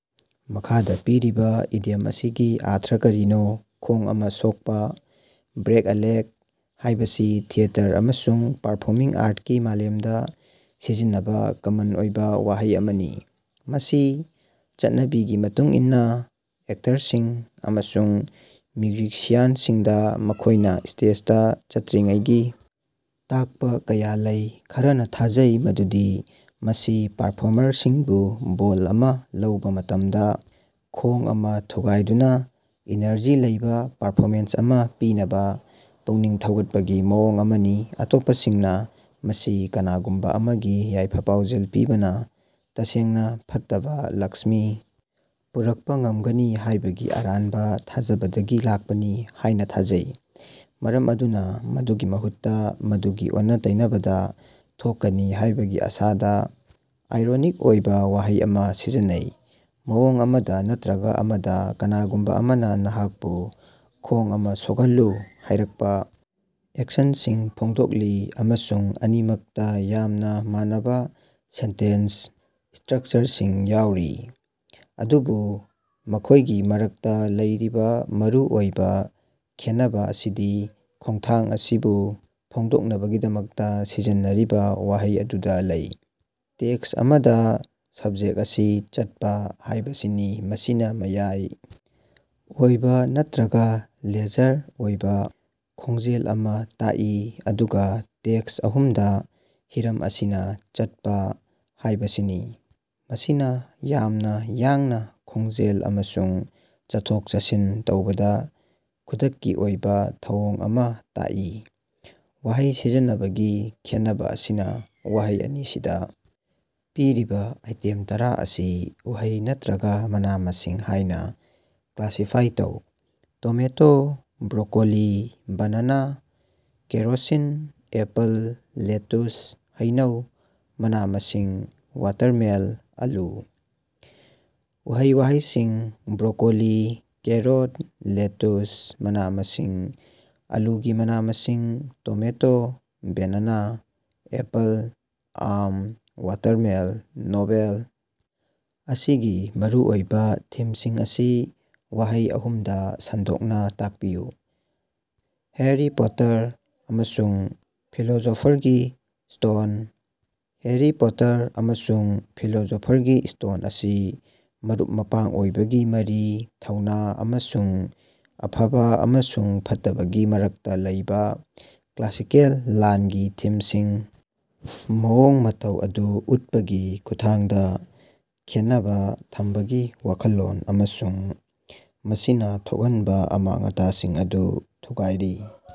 ꯃꯈꯥꯗ ꯄꯤꯔꯤꯕ ꯏꯗꯤꯌꯝ ꯑꯁꯤꯒꯤ ꯑꯔꯊ ꯀꯔꯤꯅꯣ: ꯈꯣꯡ ꯑꯃꯥ ꯁꯣꯛꯄ "ꯕ꯭ꯔꯦꯛ ꯑꯦ ꯂꯦꯒ" ꯍꯥꯏꯕꯁꯤ ꯊꯤꯌꯦꯇꯔ ꯑꯃꯁꯨꯡ ꯄꯔꯐꯣꯃꯤꯡ ꯑꯥ꯭ꯔꯠꯀꯤ ꯃꯥꯂꯦꯝꯗꯥ ꯁꯤꯖꯤꯟꯅꯕ ꯀꯃꯟ ꯑꯣꯏꯕ ꯋꯥꯍꯩ ꯑꯃꯅꯤ꯫ ꯃꯁꯤ ꯆꯠꯅꯕꯤꯒꯤ ꯃꯇꯨꯡ ꯏꯟꯅ ꯑꯦꯛꯇꯔꯁꯤꯡ ꯑꯃꯁꯨꯡ ꯃ꯭ꯌꯨꯖꯤꯁꯤꯌꯟꯁꯤꯡꯗ ꯃꯈꯣꯏꯅ ꯁ꯭ꯇꯦꯖꯇ ꯆꯠꯇꯔꯤꯉꯩꯒꯤ ꯇꯥꯛꯄ ꯀꯌꯥ ꯂꯩ꯫ ꯈꯔꯅ ꯊꯥꯖꯩ ꯃꯗꯨꯗꯤ ꯃꯁꯤ ꯄꯔꯐ꯭ꯣꯔꯃꯔꯁꯤꯡꯕꯨ ꯕꯣꯜ ꯑꯃ ꯂꯧꯕ ꯃꯇꯝꯗ "ꯈꯣꯡ ꯑꯃꯥ ꯊꯨꯒꯥꯏꯗꯨꯅꯥ" ꯏꯅꯔꯖꯤ ꯂꯩꯕ ꯄꯔꯐꯣꯃꯦꯟꯁ ꯑꯃ ꯄꯤꯅꯕ ꯄꯨꯛꯅꯤꯡ ꯊꯧꯒꯠꯄꯒꯤ ꯃꯑꯣꯡ ꯑꯃꯅꯤ꯫ ꯑꯇꯣꯞꯄꯁꯤꯡꯅ ꯃꯁꯤ ꯀꯅꯥꯒꯨꯝꯕ ꯑꯃꯒꯤ ꯌꯥꯏꯐ-ꯄꯥꯎꯖꯦꯜ ꯄꯤꯕꯅ ꯇꯁꯦꯡꯅꯥ ꯐꯠꯇꯕ ꯂꯛꯁ꯭ꯃꯤ ꯄꯨꯔꯛꯄ ꯉꯝꯒꯅꯤ ꯍꯥꯏꯕꯒꯤ ꯑꯔꯥꯟꯕ ꯊꯥꯖꯕꯗꯒꯤ ꯂꯥꯛꯄꯅꯤ ꯍꯥꯏꯅ ꯊꯥꯖꯩ, ꯃꯔꯝ ꯑꯗꯨꯅ ꯃꯗꯨꯒꯤ ꯃꯍꯨꯠꯇ, ꯃꯗꯨꯒꯤ ꯑꯣꯟꯅ-ꯇꯩꯅꯕꯗ ꯊꯣꯛꯀꯅꯤ ꯍꯥꯏꯕꯒꯤ ꯑꯥꯁꯥꯗ ꯑꯥꯏꯔꯣꯅꯤꯛ ꯑꯣꯏꯕ ꯋꯥꯍꯩ ꯑꯃ ꯁꯤꯖꯤꯟꯅꯩ꯫ ꯃꯑꯣꯡ ꯑꯃꯗ ꯅꯠꯇꯔꯒ ꯑꯃꯗ, ꯀꯅꯥꯒꯨꯝꯕ ꯑꯃꯅ ꯅꯍꯥꯛꯄꯨ "ꯈꯣꯡ ꯑꯃꯥ ꯁꯣꯛꯍꯜꯂꯨ" ꯍꯥꯏꯔꯛꯄꯥ ꯑꯦꯛꯁꯟꯁꯤꯡ ꯐꯣꯡꯗꯣꯛꯂꯤ, ꯑꯃꯁꯨꯡ ꯑꯅꯤꯃꯛꯇ ꯌꯥꯝꯅ ꯃꯥꯟꯅꯕ ꯁꯦꯟꯇꯦꯟꯁ ꯁ꯭ꯇꯔꯛꯆꯔꯁꯤꯡ ꯌꯥꯎꯔꯤ꯫ ꯑꯗꯨꯕꯨ ꯃꯈꯣꯏꯒꯤ ꯃꯔꯛꯇ ꯂꯩꯔꯤꯕ ꯃꯔꯨ ꯑꯣꯏꯕ ꯈꯦꯟꯅꯕ ꯑꯁꯤꯗꯤ ꯈꯣꯡꯊꯥꯡ ꯑꯁꯤꯕꯨ ꯐꯣꯡꯗꯣꯛꯅꯕꯒꯤꯗꯃꯛꯇ ꯁꯤꯖꯤꯟꯅꯔꯤꯕ ꯋꯥꯍꯩ ꯑꯗꯨꯗ ꯂꯩ꯫ ꯇꯦꯛꯁ ꯑꯃ ꯗ ꯁꯕꯖꯦꯛ ꯑꯁꯤ "ꯆꯠꯄ" ꯍꯥꯏꯕꯁꯤꯅꯤ ꯃꯁꯤꯅ ꯃꯌꯥꯏ ꯑꯣꯏꯕꯥ ꯅꯠꯇꯔꯒ ꯂꯦꯖꯔ ꯑꯣꯏꯕ ꯈꯣꯡꯖꯦꯜ ꯑꯃ ꯇꯥꯛꯏ, ꯑꯗꯨꯒꯥ ꯇꯦꯛꯁ ꯑꯍꯨꯝ ꯗꯥ ꯍꯤꯔꯝ ꯑꯁꯤꯅꯥ "ꯆꯠꯄ" ꯍꯥꯌꯕꯁꯤꯅꯤ ꯃꯁꯤꯅ ꯌꯥꯝꯅꯥ ꯌꯥꯡꯅ ꯈꯣꯡꯖꯦꯜ ꯑꯃꯁꯨꯡ ꯆꯠꯊꯣꯛ-ꯆꯠꯁꯤꯟ ꯇꯧꯕꯗ ꯈꯨꯗꯛꯀꯤ ꯑꯣꯏꯕ ꯊꯧꯑꯣꯡ ꯑꯃ ꯇꯥꯛꯏ꯫ ꯋꯥꯍꯩ ꯁꯤꯖꯤꯟꯅꯕꯒꯤ ꯈꯦꯟꯅꯕ ꯑꯁꯤꯅ ꯋꯥꯍꯩ ꯑꯅꯤꯁꯤꯗ ꯄꯤꯔꯤꯕ ꯑꯥꯏꯇꯦꯝ ꯇꯔꯥ ꯑꯁꯤ ꯎꯍꯩ ꯅꯠꯇꯔꯒꯥ ꯃꯅꯥ-ꯃꯁꯤꯡ ꯍꯥꯏꯅ ꯀ꯭ꯂꯥꯁꯤꯐꯥꯏ ꯇꯧ꯫ Tomato, broccoli, banana, kerosene, apple, lettuce, ꯍꯩꯅꯧ, ꯃꯅꯥ-ꯃꯁꯤꯡ, ꯋꯥꯇ꯭ꯔꯃꯦꯜ, ꯑꯥꯂꯨ꯫ ꯎꯍꯩ-ꯋꯥꯍꯩꯁꯤꯡ: ꯕ꯭ꯔꯣꯀꯣꯂꯤ, ꯀꯦꯔꯣꯠ, ꯂꯦꯇꯨꯁ, ꯃꯅꯥ-ꯃꯁꯤꯡ, ꯑꯥꯂꯨꯒꯤ ꯃꯅꯥ-ꯃꯁꯤꯡ ꯇꯣꯃꯦꯇꯣ, ꯕꯦꯅꯥꯅꯥ, ꯑꯦꯄꯜ, ꯑꯥꯝ, ꯋꯥꯇꯔꯃꯦꯜ꯫ ꯅꯣꯚꯦꯜ ꯑꯁꯤꯒꯤ ꯃꯔꯨꯑꯣꯏꯕ ꯊꯤꯝꯁꯤꯡ ꯑꯁꯤ ꯋꯥꯍꯩ ꯑꯍꯨꯝ ꯗ ꯁꯟꯗꯣꯛꯅ ꯇꯥꯛꯄꯤꯌꯨ꯫ ꯍ꯭ꯌꯥꯔꯤ ꯄꯣꯇꯥꯔ ꯑꯃꯁꯨꯡ ꯐꯤꯂꯣꯁꯣꯐꯔꯒꯤ ꯁ꯭ꯇꯣꯟ꯫ ꯍ꯭ꯌꯥꯔꯤ ꯄꯣꯇꯔ ꯑꯃꯁꯨꯡ ꯐꯤꯂꯣꯁꯣꯐꯔꯒꯤ ꯁ꯭ꯇꯣꯟ ꯑꯁꯤ ꯃꯔꯨꯞ-ꯃꯄꯥꯡ ꯑꯣꯏꯕꯒꯤ ꯃꯔꯤ, ꯊꯧꯅꯥ ꯑꯃꯁꯨꯡ ꯑꯐꯕ ꯑꯃꯁꯨꯡ ꯐꯠꯇꯕꯒꯤ ꯃꯔꯛꯇ ꯂꯩꯕꯥ ꯀ꯭ꯂꯥꯁꯤꯀꯦꯜ ꯂꯥꯟꯒꯤ ꯊꯤꯝꯁꯤꯡ ꯃꯑꯣꯡ ꯃꯇꯧ ꯑꯗꯨ ꯎꯠꯄꯒꯤ ꯈꯨꯠꯊꯥꯡꯗ ꯈꯦꯟꯅꯕ ꯊꯝꯕꯒꯤ ꯋꯥꯈꯜꯂꯣꯟ ꯑꯃꯁꯨꯡ ꯃꯁꯤꯅꯥ ꯊꯣꯛꯍꯟꯕ ꯑꯃꯥꯡ-ꯑꯇꯥꯁꯤꯡ ꯑꯗꯨ ꯊꯨꯒꯥꯏꯔꯤ꯫